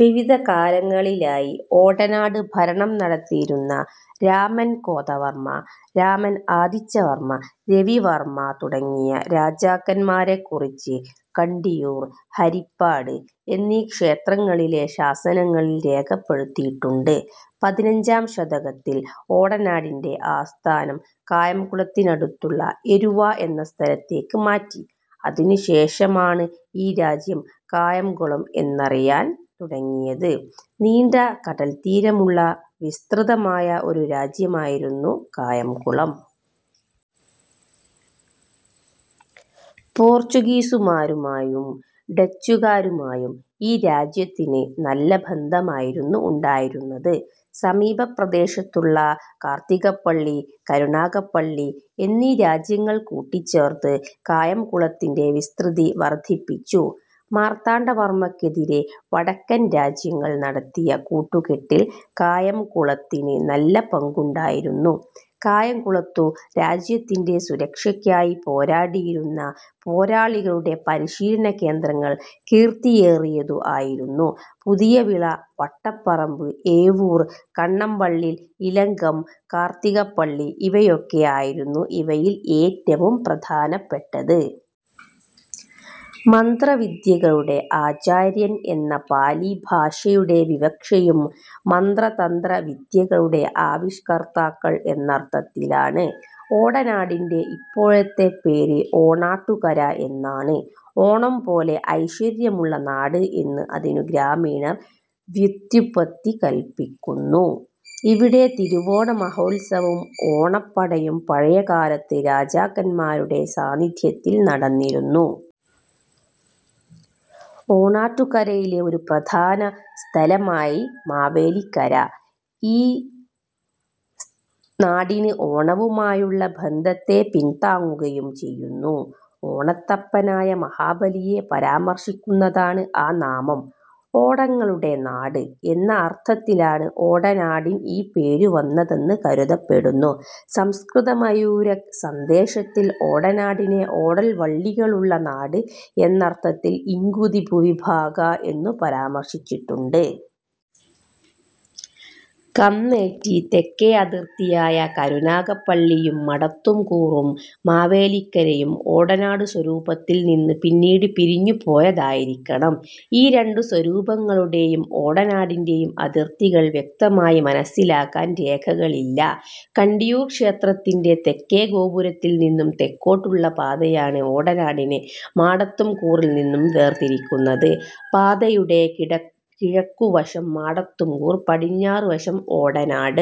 വിവിധകാലങ്ങളിലായി ഓടനാട് ഭരണം നടത്തിയിരുന്ന രാമൻ കോതവർമ്മ, രാമൻ ആതിച്ചവർമ്മ, രവിവർമ്മ തുടങ്ങിയ രാജാക്കന്മാരെക്കുറിച്ച് കണ്ടിയൂർ, ഹരിപ്പാട് എന്നീ ക്ഷേത്രങ്ങളിലെ ശാസനങ്ങളിൽ രേഖപ്പെടുത്തിയിട്ടുണ്ട്. പതിഞ്ചാം ശതകത്തിൽ ഓടനാടിന്റെ ആസ്ഥാനം കായംകുളത്തിനടുത്തുള്ള എരുവ എന്ന സ്ഥലത്തേക്ക് മാറ്റി. അതിനുശേഷമാണ് ഈ രാജ്യം കായംകുളം എന്നറിയാൻ തുടങ്ങിയത്. നീണ്ടകടൽത്തീരമുള്ള വിസ്തൃതമായ ഒരു രാജ്യമായിരുന്നു കായംകുളം. പോർച്ചുഗീസുകാരുമായും ഡച്ചുകാരുമായും ഈ രാജ്യത്തിന് നല്ല ബന്ധമായിരുന്നു ഉണ്ടായിരുന്നത്. സമീപപ്രദേശത്തുള്ള കാർത്തികപ്പള്ളി, കരുനാഗപ്പള്ളി എന്നീ രാജ്യങ്ങൾ കൂട്ടിച്ചേർത്ത് കായംകുളത്തിന്റെ വിസ്തൃതി വർദ്ധിപ്പിച്ചു. മാർത്താണ്ഡവർമ്മയ്ക്കെതിരെ വടക്കൻ രാജ്യങ്ങൾ നടത്തിയ കൂട്ടുകെട്ടിൽ കായംകുളത്തിന് നല്ല പങ്കുണ്ടായിരുന്നു. കായംകുളത്തു രാജ്യത്തിന്റെ സുരക്ഷക്കായി പോരാടിയിരുന്ന പോരാളികളുടെ പരിശീലനകേന്ദ്രങ്ങൾ കീർത്തിയേറിയതു ആയിരുന്നു പുതിയവിള വട്ടപ്പറമ്പ്, ഏവൂർ കണ്ണമ്പള്ളിൽ, ഇലങ്കം, കാർത്തികപ്പള്ളി ഇവയൊക്കെ ആയിരുന്നു ഇവയിൽ ഏറ്റവും പ്രധാനപ്പെട്ടത്. മന്ത്രവിദ്യകളുടെ ആചാര്യൻ എന്ന പാലി ഭാഷയുടെ വിവക്ഷയും മന്ത്ര തന്ത്ര വിദ്യകളുടെ ആവിഷ്കർത്താക്കൾ എന്നർത്ഥത്തിലാണ്. ഓടനാടിന്റെ ഇപ്പോഴത്തെ പേര് ഓണാട്ടുകര എന്നാണ്. ഓണം പോലെ ഐശ്വര്യമുള്ള നാട് എന്ന് അതിനു ഗ്രാമീണർ വ്യുത്പത്തി കല്പിക്കുന്നു. ഇവിടെ തിരുവോണ മഹോത്സവവും ഓണപ്പടയും പഴയകാലത്ത് രാജാക്കന്മാരുടെ സാന്നിധ്യത്തിൽ നടന്നിരുന്നു. ഓണാട്ടുകരയിലെ ഒരു പ്രധാന സ്ഥലമായ് മാവേലിക്കര, ഈ നാടിന് ഓണവുമായുള്ള ബന്ധത്തെ പിൻതാങ്ങുകയും ചെയ്യുന്നു. ഓണത്തപ്പനായ മഹാബലിയെ പരാമർശിക്കുന്നതാണ് ആ നാമം. ഓടങ്ങളുടെ നാട് എന്ന അർത്ഥത്തിലാണ് ഓടനാടിൻ ഈ പേരു വന്നതെന്ന് കരുതപ്പെടുന്നു. സംസ്കൃത മയൂരസന്ദേശത്തിൽ ഓടനാടിനെ ഓടൽ വള്ളികളുള്ള നാട് എന്നർഥത്തിൽ ഇംഗുദി ഭൂവിഭാഗാഃ എന്നു പരാമർശിച്ചിട്ടുണ്ട്. കന്നേറ്റി തെക്കേ അതിർത്തിയായ കരുനാഗപ്പള്ളിയും മടത്തൂംകൂറും മാവേലിക്കര യും ഓടനാടു സ്വരൂപത്തിൽ നിന്ന് പിന്നീട് പിരിഞ്ഞുപോയതായിരിക്കണം. ഈ രണ്ടു സ്വരൂപങ്ങളുടെയും ഓടനാടിന്റെയും അതിർത്തികൾ വ്യക്തമായി മനസ്സിലാക്കാൻ രേഖകളില്ല. കണ്ടിയൂർ ക്ഷേത്രത്തിന്റെ തെക്കേഗോപുരത്തിൽ നിന്നും തെക്കോട്ടുള്ള പാതയാണ് ഓടനാടിനെ മാടത്തുംകൂറിൽനിന്നും വേർതിരിക്കുന്നത്; പാതയുടെ കിഴക്കുവശം മാടത്തുംകൂർ, പടിഞ്ഞാറുവശം ഓടനാട്.